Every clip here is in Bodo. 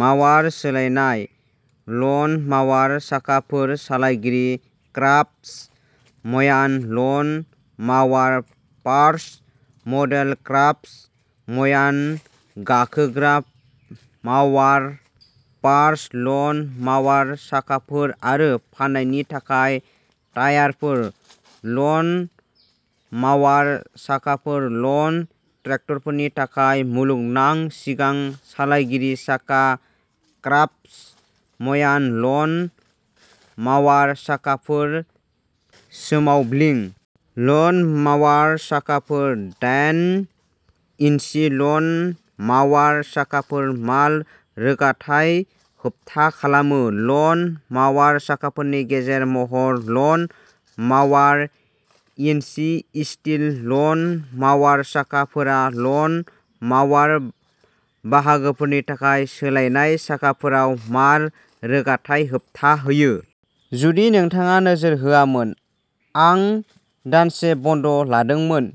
माउवार सोलायनाय लन माउवार साखाफोर सालायगिरि क्राफ्टसम्यान लन माउवार पार्ट्स मडेल क्राफ्टसम्यान गाखोग्रा माउवार पार्ट्स लन माउवार साखाफोर आरो फाननायनि थाखाय टायारफोर। लन माउवार साखाफोर लन ट्रेक्टरफोरनि थाखाय मुलुगनां सिगां सालायगिरि साखा क्राफ्टसम्यान लन माउवार साखाफोर सोमावब्लिं। लन माउवार साखाफोर डाइन इन्सि लन माउवार साखाफोरा माल-रोगाथाय होबथा खालामो। लन माउवार साखाफोरनि गेजेर महर लन माउवार इन्चि स्टील लन माउवार साखाफोरा लन माउवार बाहागोफोरनि थाखाय सोलायनाय साखाफोराव माल रोगाथाय होबथा होयो। जुदि नोंथाङा नोजोर होआमोन आं दानसे बन्द लादोंमोन।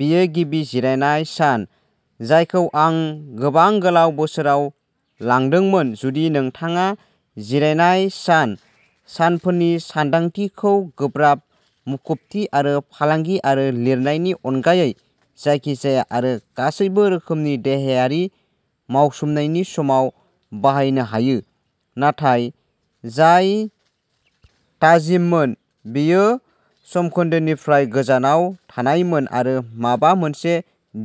बेयो गिबि जिरायनाय सान जायखौ आं गोबां गोलाव बोसोराव लादोंमोन जुदि नोंथाङा जिरायनाय सान सानफोरनि सानदांथिखौ गोब्राब मुखुबथि आरो फालांगि आरो लिरनायनि अनगायै जायखिजाया आरो गासैबो रोखोमनि देहायारि मावसोमनायनि समाव बाहायनो हायो नाथाय जाय थाजिममोन बेयो समखोन्दोनिफ्राय गोजानाव थानायमोन आरो माबा मोनसे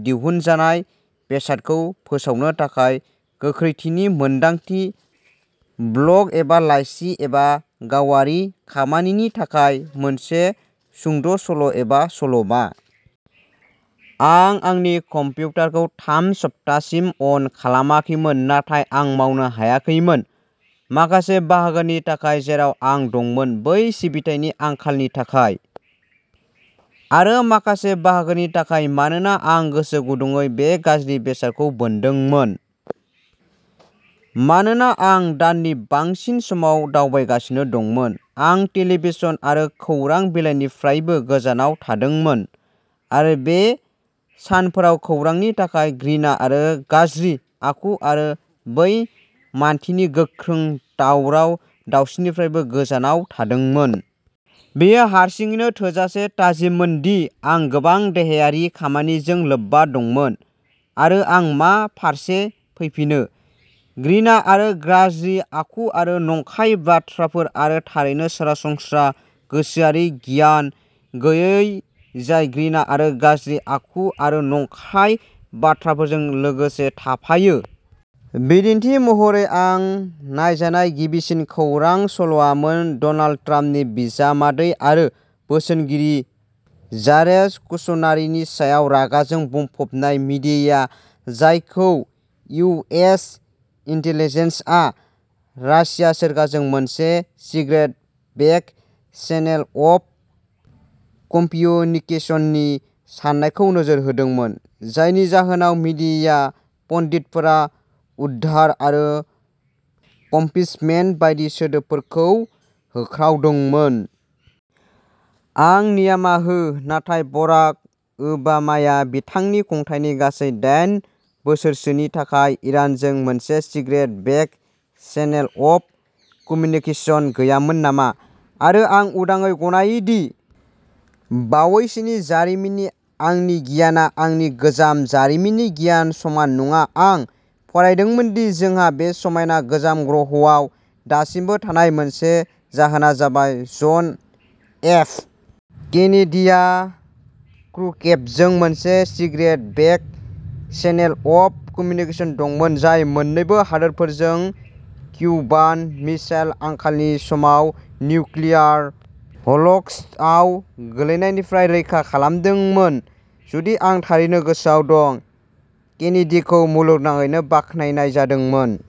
दिहुनजानाय बेसादखौ फोसावनो थाखाय गोख्रैथिनि मोनदांथि ब्लग एबा लाइसि एबा गावारि खामानिनि थाखाय मोनसे सुंद'सल' एबा सल'मा। आं आंनि कमप्युटारखौ थाम सप्तासिम अन खालामाखैमोन नाथाय आं मावनो हायाखैमोन माखासे बाहागोनि थाखाय जेराव आं दंमोन बै सिबिथायनि आंखालनि थाखाय आरो माखासे बाहागोनि थाखाय मानोना आं गोसो गुदुङै बे गाज्रि बेसादखौ बोनदोंमोन। मानोना आं दाननि बांसिन समाव दावबायगासिनो दंमोन, आं टेलिभिजन आरो खौरां बिलाइफोरनिफ्रायबो गोजानाव थादोंमोन आरो बे सानफोराव खौरांनि थाखाय घृणा आरो गाज्रि आखु आरो बेइमानथिनि गोख्रों दावराव दावसिनिफ्रायबो गोजानाव थादोंमोन। बेयो हारसिङैनो थोजासे थाजिममोन दि आं गोबां देहायारि खामानिजों लोब्बा दंमोन आरो आं मा फारसे फैफिनो? घृणा आरो गाज्रि आखु आरो नंखाय बाथ्राफोर आरो थारैनो सरासनस्रा गोसोआरि गियान गैयै जाय घृणा आरो गाज्रि आखु आरो नंखाय बाथ्राफोरजों लोगोसे थाफायो। बिदिन्थि महरै आं नायजानाय गिबिसिन खौरां सल'आमोन डनाल्ड ट्राम्पनि बिजामादै आरो बोसोनगिरि जारेड कुशनारनि सायाव रागाजों बुंफबनाय मिडियाया जायखौ इउ एस इन्टेलिजेन्सआ रासिया सोरखारजों मोनसे सिक्रेट बेक चेनेल अफ कम्युनिकेशननि साननायखौ नोजोर होदोंमोन, जायनि जाहोनाव मीडिया पन्डितफोरा गद्दार आरो इम्पिचमेन्ट बायदि सोदोबफोरखौ होख्रावदोंमोन। आं निमाहा हो नाथाय बाराक ओबामाया बिथांनि खुंथायनि गासै दाइन बोसोरसोनि थाखाय इरानजों मोनसे secret back channel of communication गैयामोन नामा? आरो आं उदाङै गनायो दि बावैसोनि जारिमिननि आंनि गियानआ आंनि गोजाम जारिमिननि गियाननि समान नङा आं फरायदोंमोन दि जोंहा बे समायना गोजाम ग्रहआव दासिमबो थानायनि मोनसे जाहोना जाबाय जन एफ. केनेडीहा क्रुश्चेभजों मोनसे secret back channel of communication दंमोन जाय मोन्नैबो हादोरफोरखौ किउबान मिसाइल आंखालनि समाव निउक्लियार ह'लक'स्टआव गोग्लैनायनिफ्राय रैखा खालामदोंमोन। जुदि आं थारै गोसोआव दं, केनेडीखौ मुलुगनाङैनो बाख्नायनाय जादोंमोन।